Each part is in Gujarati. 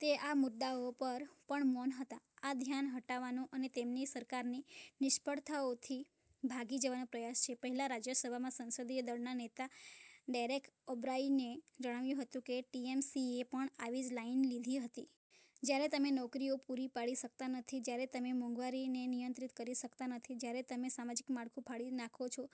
તે આ મુદ્દાઓ પર પણ મૌન હતા. આ ધ્યાન હટાવવાનો અને તેમની સરકારની નિષ્ફળતાઓથી ભાગી જવાનો પ્રયાસ છે. પહેલા રાજ્યસભામાં સંસદીય દળના નેતા ડેરેક ઓ'બ્રાયને જણાવ્યું હતું કે ટીએમસીએ પણ આવી જ લાઇન લીધી હતી. જ્યારે તમે નોકરીઓ પૂરી પાડી શકતા નથી, જ્યારે તમે મોંઘવારીને નિયંત્રિત કરી શકતા નથી, જ્યારે તમે સામાજિક માળખું ફાડી નાખો છો,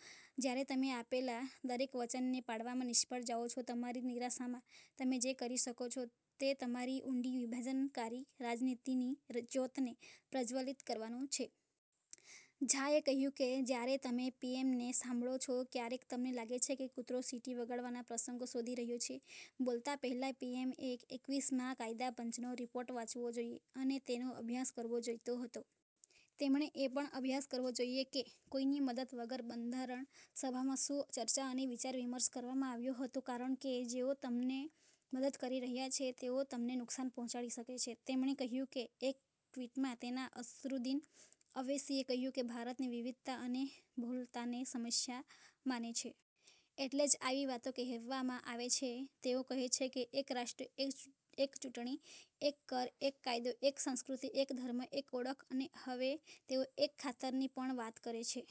જ્યારે તમે આપેલા દરેક વચનને પાળવામાં નિષ્ફળ જાઓ છો તમારી નિરાશામાં, તમે જે કરી શકો છો, તે તમારી ઊંડી વિભાજનકારી રાજનીતિની જ્યોતને પ્રજ્વલિત કરવાનું છે. ઝાએ કહ્યું કે જ્યારે તમે પીએમને સાંભળો છો ક્યારેક તમને લાગે છે કે તે કૂતરો સીટી વગાડવાના પ્રસંગો શોધી રહ્યો છે. બોલતા પહેલા પીએમએ એકવીસ મા કાયદા પંચનો રિપોર્ટ વાંચવો જોઈએ અને તેનો અભ્યાસ કરવો જોઈતો હતો. તેમણે એ પણ અભ્યાસ કરવો જોઈએ કે, કોઈની મદદ વગર, બંધારણ સભામાં શું ચર્ચા અને વિચાર વિમર્શ કરવામાં આવ્યો હતો કારણ કે જેઓ તમને મદદ કરી રહ્યા છે તેઓ તમને નુકસાન પહોંચાડી શકે છે, તેમણે કહ્યું કે એક ટ્વિટમાં નેતા અસદુદ્દીન ઓવૈસીએ કહ્યું કે ભારતની વિવિધતા અને બહુલતાને સમસ્યા માને છે. એટલે જ આવી વાતો કહેવામાં આવે છે. તેઓ કહે છે કે એક રાષ્ટ્ર, એક ચૂંટણી, એક કર, એક કાયદો, એક સંસ્કૃતિ, એક ધર્મ, એક ઓળખ અને હવે તેઓ એક ખાતરની પણ વાત કરે છે.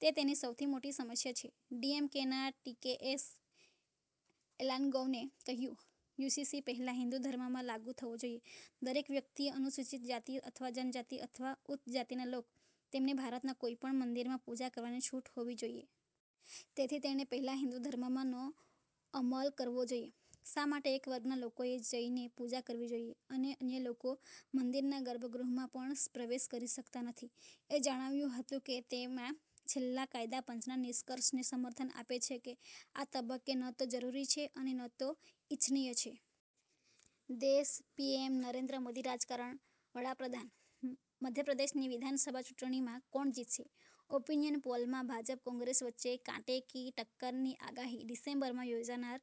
તે તેની સૌથી મોટી સમસ્યા છે. ડીએમકેના ટીકેએસ એલાન્ગોવને કહ્યું, યુસીસી પહેલા હિંદુ ધર્મમાં લાગુ થવો જોઈએ. દરેક વ્યક્તિ, અનુસૂચિત જાતિ અથવા જનજાતિ અથવા ઉચ્ચ જાતિના લોક. તેમને ભારતના કોઈપણ મંદિરમાં પૂજા કરવાની છૂટ હોવી જોઈએ. તેથી, તેણે પહેલા હિંદુ ધર્મમાં નો અમલ કરવો જોઈએ. શા માટે એક વર્ગના લોકોએ જઈને પૂજા કરવી જોઈએ અને અન્ય લોકો મંદિરના ગર્ભગૃહમાં પણ પ્રવેશ કરી શકતા નથી? એ જણાવ્યું હતું કે તે માં છેલ્લા કાયદા પંચના નિષ્કર્ષને સમર્થન આપે છે કે આ તબક્કે ન તો જરૂરી છે અને ન તો ઇચ્છનીય છે. દે શપીએમ નરેન્દ્ર મોદી રાજકારણ વડાપ્રધાન. મધ્યપ્રદેશની વિધાનસભા ચૂંટણીમાં કોણ જીતશે? ઓપિનિયન પોલમાં ભાજપ કોંગ્રેસ વચ્ચે કાંટે કી ટક્કરની આગાહી. ડિસેમ્બરમાં યોજનાર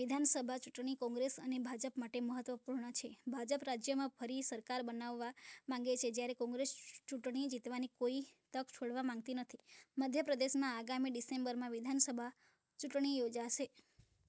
વિધાનસભા ચૂંટણી કોંગ્રેસ અને ભાજપ માટે મહત્વપૂર્ણ છે. ભાજપ રાજ્યમાં ફરી સરકાર બનાવવા માંગે છે જ્યારે કોંગ્રેસ ચૂંટણી જીતવાની કોઇ તક છોડવા માંગતી નથી. મધ્યપ્રદેશમાં આગામી ડિસેમ્બરમાં વિધાનસભા ચૂંટણી યોજાશે.